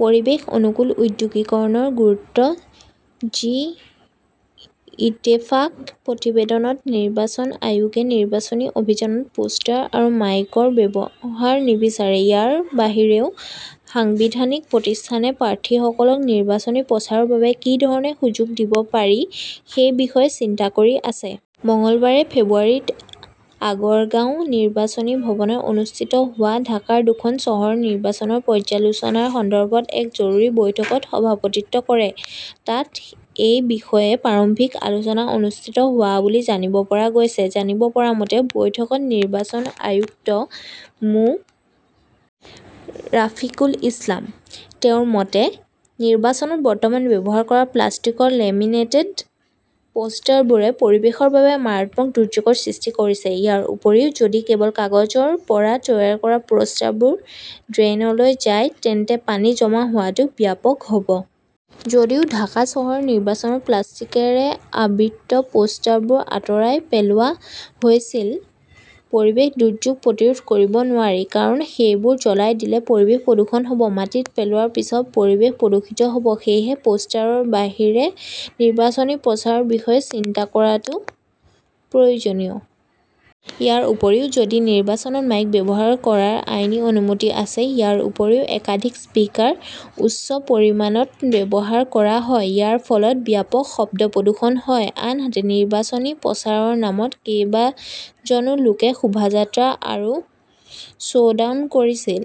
পৰিৱেশ অনুকূল ঔদ্যোগিকৰণৰ গুৰুত্ব জি ইত্তেফাক প্ৰতিবেদনত নিৰ্বাচন আয়োগে নিৰ্বাচনী অভিযানত পোষ্টাৰ আৰু মাইকৰ ব্যৱহাৰ নিবিচাৰে। ইয়াৰ বাহিৰেও সাংবিধানিক প্ৰতিষ্ঠানে প্ৰাৰ্থীসকলক নিৰ্বাচনী প্ৰচাৰৰ বাবে কি ধৰণৰ সুযোগ দিব পাৰি সেই বিষয়ে চিন্তা কৰি আছে। মঙলবাৰে ফেব্ৰুৱাৰীত আগৰগাঁওৰ নিৰ্বাচনী ভৱনত অনুষ্ঠিত হোৱা ঢাকাৰ দুখন চহৰৰ নিৰ্বাচনৰ পৰ্যালোচনাৰ সন্দৰ্ভত এক জৰুৰী বৈঠকত সভাপতিত্ব কৰে। তাত এই বিষয়ে প্ৰাৰম্ভিক আলোচনা অনুষ্ঠিত হোৱা বুলি জানিব পৰা গৈছে। জানিব পৰা মতে বৈঠকত নিৰ্বাচন আয়ুক্ত মো.--- ৰাফিকল ইছলাম। তেওঁৰ মতে নিৰ্বাচনত বৰ্তমান ব্যৱহাৰ কৰা প্লাষ্টিকৰ লেমিনেটেড পোষ্টাৰবোৰে পৰিৱেশৰ বাবে মাৰাত্মক দুৰ্যোগৰ সৃষ্টি কৰিছে। ইয়াৰ উপৰিও যদি কেৱল কাগজৰ পৰা তৈয়াৰ কৰা পোষ্টাৰবোৰ ড্ৰেইনলৈ যায়, তেন্তে পানী জমা হোৱাটো ব্যাপক হ 'ব। যদিও ঢাকা চহৰৰ নিৰ্বাচনত প্লাষ্টিকৰে আবৃত পোষ্টাৰবোৰ আঁতৰাই পেলোৱা হৈছিল, পৰিৱেশৰ দুৰ্যোগ প্ৰতিৰোধ কৰিব নোৱাৰি। কাৰণ সেইবোৰ জ্বলাই দিলে পৰিৱেশ প্ৰদূষণ হ'ব। মাটিত পেলোৱাৰ পিছতো পৰিৱেশ প্ৰদূষিত হ'ব। সেয়েহে পোষ্টাৰৰ বাহিৰে নিৰ্বাচনী প্ৰচাৰৰ বিষয়ে চিন্তা কৰাটো প্ৰয়োজনীয়। ইয়াৰ উপৰিও ,যদিও নিৰ্বাচনত মাইক ব্যৱহাৰ কৰাৰ আইনী অনুমতি আছে। ইয়াৰ উপৰিও একাধিক স্পিকাৰ উচ্চ পৰিমাণত ব্যৱহাৰ কৰা হয়। ইয়াৰ ফলত ব্যাপক শব্দ প্ৰদূষণ হয়। আনহাতে নিৰ্বাচনী প্ৰচাৰৰ নামত কেইবাজনো লোকে শোভাযাত্ৰা আৰু শ্ব'ডাউন কৰিছিল।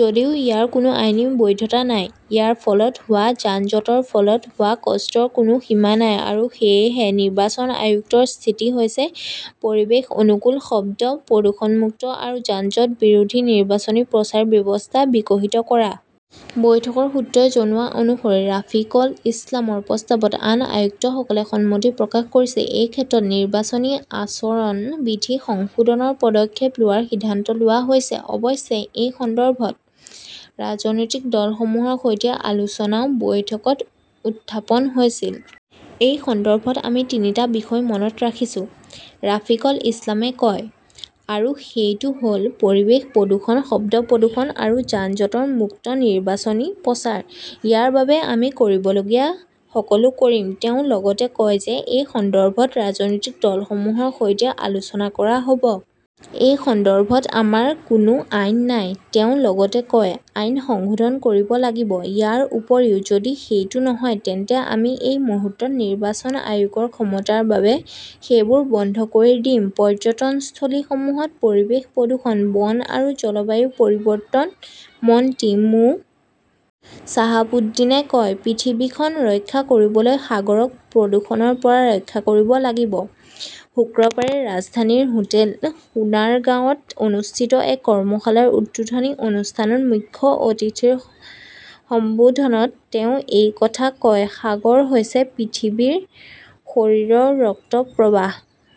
যদিও ইয়াৰ কোনো আইনী বৈধতা নাই। ইয়াৰ ফলত হোৱা যান-জঁটৰ ফলত হোৱা কষ্টৰ কোনো সীমা নাই আৰু সেয়েহে নিৰ্বাচন আয়ুক্তৰ স্থিতি হৈছে পৰিৱেশ অনুকূল, শব্দ প্ৰদূষণমুক্ত আৰু যান-জঁট বিৰোধী নিৰ্বাচনী প্ৰচাৰ ব্যৱস্থা বিকশিত কৰা। বৈঠকৰ সূত্ৰই জনোৱা অনুসৰি ৰাফিকল ইছলামৰ প্ৰস্তাৱত আন আয়ুক্তসকলে সন্মতি প্ৰকাশ কৰিছিল। এই ক্ষেত্ৰত নিৰ্বাচনী আচৰণ বিধি সংশোধনৰ পদক্ষেপ লোৱাৰ সিদ্ধান্ত লোৱা হৈছে। অৱশ্যে, এই সন্দৰ্ভত ৰাজনৈতিক দলসমূহৰ সৈতে আলোচনাও বৈঠকত উত্থাপন হৈছিল। এই সন্দৰ্ভত আমি তিনিটা বিষয় মনত ৰাখিছো, ৰাফিকল ইছলামে কয়। আৰু সেইটো হ'ল-পৰিৱেশ প্ৰদূষণ, শব্দ প্ৰদূষণ আৰু যান-জঁট-মুক্ত নিৰ্বাচনী প্ৰচাৰ। ইয়াৰ বাবে আমি কৰিবলগীয়া সকলো কৰিম। তেওঁ লগতে কয় যে এই সন্দৰ্ভত ৰাজনৈতিক দলসমূহৰ সৈতে আলোচনা কৰা হ'ব। এই সন্দৰ্ভত আমাৰ কোনো আইন নাই, তেওঁ লগতে কয়। আইন সংশোধন কৰিব লাগিব। ইয়াৰ উপৰিও যদি সেইটো নহয় তেন্তে আমি এই মুহূৰ্তত নিৰ্বাচন আয়োগৰ ক্ষমতাৰ বাবে সেইবোৰ বন্ধ কৰি দিম। পৰ্যটনস্থলীসমূহত পৰিৱেশ প্ৰদূষণ, বন আৰু জলবায়ু পৰিৱৰ্তন মন্ত্ৰী মো.--- শ্বাহাব উদ্দিনে কয়, পৃথিৱীখন ৰক্ষা কৰিবলৈ সাগৰক প্ৰদূষণৰ পৰা ৰক্ষা কৰিব লাগিব। শুক্ৰবাৰে ৰাজধানীৰ হোটেল সোনাৰগাঁৱত অনুষ্ঠিত এক কৰ্মশালাৰ উদ্বোধনী অনুষ্ঠানত মুখ্য অতিথিৰ সম্বোধনত তেওঁ এই কথা কয়, সাগৰ হৈছে পৃথিৱীৰ শৰীৰৰ ৰক্ত প্ৰবাহ।